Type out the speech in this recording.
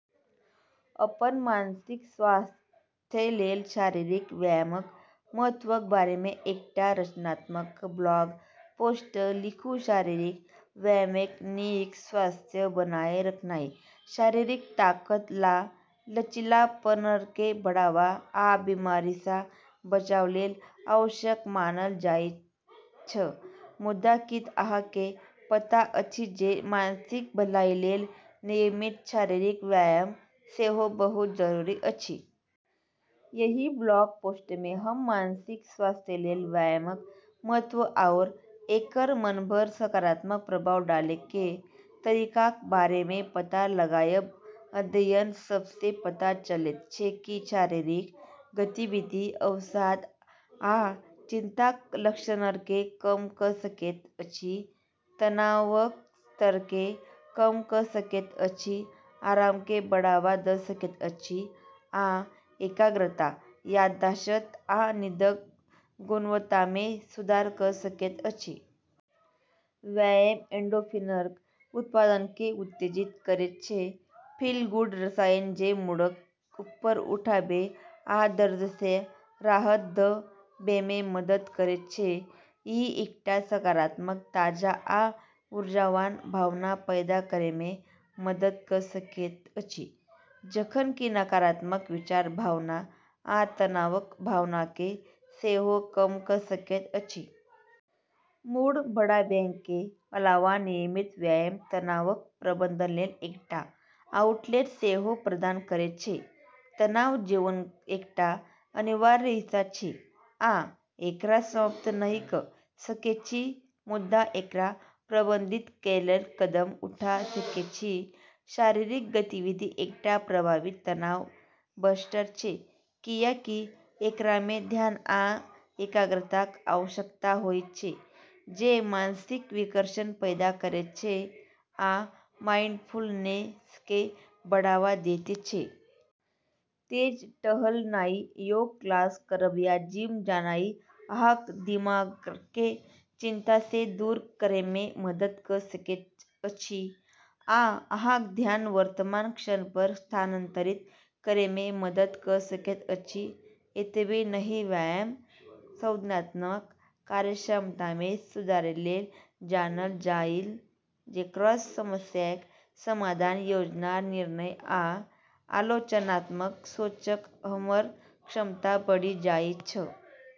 अपन मानसिक स्वास्थ्यलेल शारीरिक व्यायामक महत्वक बारेमे एकटा रचनात्मक ब्लॉग पोस्ट लिखू। शारीरिक व्यायामकेँ नीक स्वास्थ्य बनाए रखनाइ, शरीरक ताकत आ लचीलापनकेँ बढ़ावा, आ बीमारीसँ बचावलेल आवश्यक मानल जाइछ। मुदा, की अहाँकेँ पता अछि जे मानसिक भलाईलेल नियमित शारीरिक व्यायाम सेहो बहुत जरूरी अछि? एहि ब्लॉग पोस्टमे हम मानसिक स्वास्थ्यलेल व्यायामक महत्व आओर एकर मनपर सकारात्मक प्रभाव डालैकेँ तरीकाक बारेमे पता लगायब। अध्ययन सभसँ पता चलैत छै कि शारीरिक गतिविधि अवसाद आ चिंताक लक्षणकेँ कम कऽ सकैत अछि, तनावक स्तरकेँ कम कऽ सकैत अछि, आरामकेँ बढ़ावा दऽ सकैत अछि आ एकाग्रता, याददाश्त आ नींदक गुणवत्तामे सुधार कऽ सकैत अछि। व्यायाम एंडोर्फिनक उत्पादनकेँ उत्तेजित करैत छै-'फील-गुड' रसायन जे मूडकेँ ऊपर उठाबै आ दर्दसँ राहत देबैमे मदद करैत छै। ई एकटा सकारात्मक, ताजा आ ऊर्जावान भावना पैदा करैमे मदद कऽ सकैत अछि, जखन कि नकारात्मक विचार, भावना आ तनावक भावनाकेँ सेहो कम कऽ सकैत अछि। मूड बढ़ाबैकेँ अलावा नियमित व्यायाम तनावक प्रबंधनलेल एकटा आउटलेट सेहो प्रदान करैत छै। तनाव जीवनक एकटा अनिवार्य हिस्सा छै, आ एकरा समाप्त नहि कऽ सकैछी, मुदा एकरा प्रबंधित करैलेल कदम उठा सकैछी। शारीरिक गतिविधि एकटा प्रभावी तनाव बस्टर छै, कियाकि एकरामे ध्यान आ एकाग्रताक आवश्यकता होइत छै, जे मानसिक विकर्षण पैदा करैत छै आ माइंडफुलनेसकेँ बढ़ावा दैत छै। तेज टहलनाइ, योग क्लास करब या जिम जानाइ अहाँक दिमागकेँ चिंतासँ दूर करैमे मदद कऽ सकैत अछि आ अहाँक ध्यान वर्तमान क्षणपर स्थानांतरित करैमे मदद कऽ सकैत अछि। एतबे नहि, व्यायाम संज्ञानात्मक कार्यक्षमतामे सुधारलेल जानल जाइछ, जेकरासँ समस्याक समाधान, योजना, निर्णय, आ आलोचनात्मक सोचक हमर क्षमता बढ़ि जाइछ।